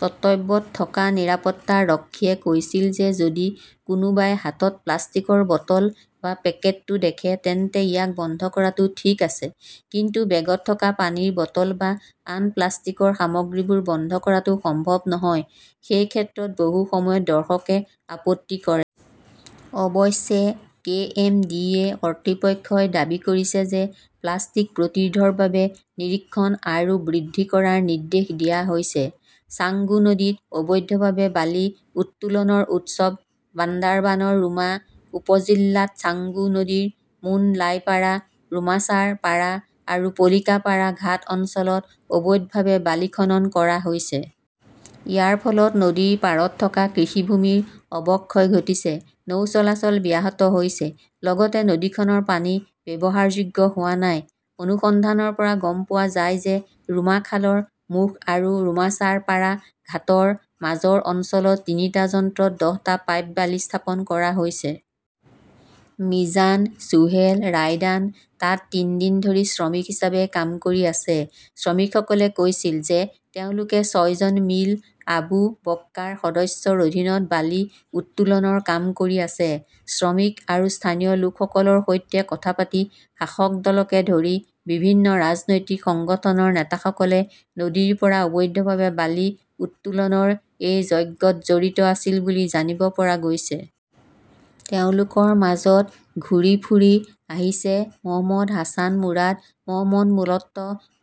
কৰ্তব্যত থকা নিৰাপত্তাৰক্ষীয়ে কৈছিল যে যদি কোনোবাই হাতত প্লাষ্টিকৰ বটল বা পেকেটটো দেখে তেন্তে ইয়াক বন্ধ কৰাটো ঠিক আছে। কিন্তু বেগত থকা পানীৰ বটল বা আন প্লাষ্টিকৰ সামগ্ৰীবোৰ বন্ধ কৰাটো সম্ভৱ নহয়। সেই ক্ষেত্ৰত বহু সময়ত দৰ্শকে আপত্তি কৰে। অৱশ্যে, কে. এম. ডি. এ. কৰ্তৃপক্ষই দাবী কৰিছে যে প্লাষ্টিক প্ৰতিৰোধৰ বাবে নিৰীক্ষণ আৰু বৃদ্ধি কৰাৰ নিৰ্দেশ দিয়া হৈছে। ছাংগু নদীত অবৈধভাৱে বালি উত্তোলনৰ উৎসৱ বান্দাৰবানৰ ৰুমা উপজিল্লাত ছাংগু নদীৰ মুন লাই পাৰা, ৰুমাচাৰ পাৰা আৰু পলিকা পাৰা ঘাট অঞ্চলত অবৈধভাৱে বালি খনন কৰা হৈছে। ইয়াৰ ফলত নদীৰ পাৰত থকা কৃষি ভূমিৰ অৱক্ষয় ঘটিছে, নৌ চলাচল ব্যাহত হৈছে। লগতে নদীখনৰ পানী ব্যৱহাৰযোগ্য হোৱা নাই। অনুসন্ধানৰ পৰা গম পোৱা যায় যে ৰুমা খালৰ মুখ আৰু ৰুমাচাৰ পাৰা ঘাটৰ মাজৰ অঞ্চলত তিনিটা যন্ত্ৰত দহটা পাইপ বালি স্থাপন কৰা হৈছে। মিজান, সোহেল, ৰায়হান তাত দিন ধৰি শ্ৰমিক হিচাপে কাম কৰি আছে। শ্ৰমিকসকলে কৈছিল যে তেওঁলোকে ছয়জন মিল আবু বক্কাৰ সদস্যৰ অধীনত বালি উত্তোলনৰ কাম কৰি আছে। শ্ৰমিক আৰু স্থানীয় লোকসকলৰ সৈতে কথা পাতি শাসক দলকে ধৰি বিভিন্ন ৰাজনৈতিক সংগঠনৰ নেতাসকলে নদীৰ পৰা অবৈধভাৱে বালি উত্তোলনৰ এই যজ্ঞত জড়িত আছিল বুলি জানিব পৰা গৈছে। তেওঁলোকৰ মাজত ঘূৰি ফুৰি আহিছে মো. হাছান মুৰাদ, মো. মলত্ব,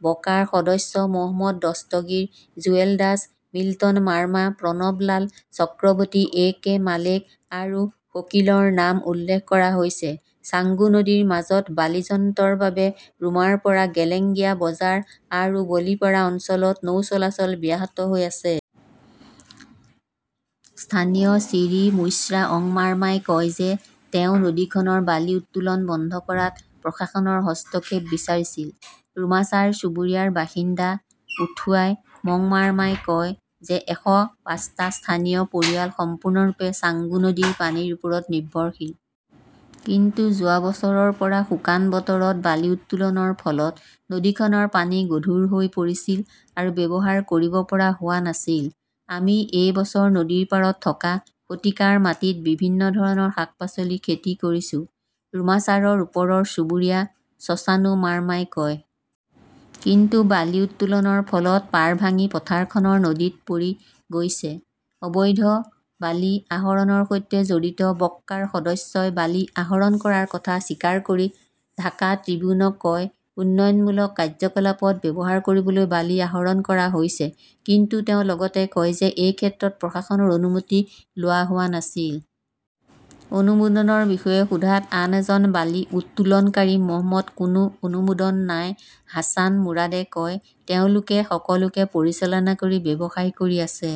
বক্কাৰ সদস্য, মো. দস্তগিৰ, জুৱেল দাস, মিল্টন মাৰ্মা, প্ৰণৱ লাল চক্ৰৱৰ্তী, এ কে মালেক আৰু শকীলৰ নাম উল্লেখ কৰা হৈছে। ছাংগু নদীৰ মাজত বালি যন্ত্ৰৰ বাবে ৰুমাৰ পৰা গেলেঙ্গিয়া বজাৰ আৰু বলিপাড়া অঞ্চলত নৌ চলাচল ব্যাহত হৈ আছে। স্থানীয় শ্ৰী মুইম্ৰা অং মাৰ্মাই কয় তেওঁ নদীখনৰ বালি উত্তোলন বন্ধ কৰাত প্ৰশাসনৰ হস্তক্ষেপ বিচাৰিছিল। ৰুমাচাৰ চুবুৰীয়াৰ বাসিন্দা উথোৱাই মং মাৰ্মাই কয় যে এশ পাঁচটা স্থানীয় পৰিয়াল সম্পূৰ্ণৰূপে ছাংগু নদীৰ পানীৰ ওপৰত নিৰ্ভৰশীল। কিন্তু যোৱা বছৰৰ পৰা শুকান বতৰত বালি উত্তোলনৰ ফলত নদীখনৰ পানী গধুৰ হৈ পৰিছিল আৰু ব্যৱহাৰ কৰিব পৰা হোৱা নাছিল। আমি এই বছৰ নদীৰ পাৰত থকা শতিকাৰ মাটিত বিভিন্ন ধৰণৰ শাক-পাচলি খেতি কৰিছো, ৰুমাচাৰৰ ওপৰৰ চুবুৰীয়া চছানু মাৰ্মাই কয়। কিন্তু বালি উত্তোলনৰ ফলত পাৰ ভাঙি পথাৰখন নদীত পৰি গৈছে। অবৈধ বালি আহৰণৰ সৈতে জড়িত বক্কাৰ সদস্যই বালি আহৰণ কৰাৰ কথা স্বীকাৰ কৰি ঢাকা ট্ৰিবিউনক কয় উন্নয়নমূলক কাৰ্যকলাপত ব্যৱহাৰ কৰিবলৈ বালি আহৰণ কৰা হৈছে কিন্তু তেওঁ লগতে কয় যে এই ক্ষেত্ৰত প্ৰশাসনৰ অনুমতি লোৱা হোৱা নাছিল। অনুমোদনৰ বিষয়ে সোধাত আন এজন বালি উত্তোলনকাৰী মো. কোনো অনুমোদন নাই হাছান মুৰাদে কয় তেওঁলোকে সকলোকে পৰিচালনা কৰি ব্যৱসায় কৰি আছে।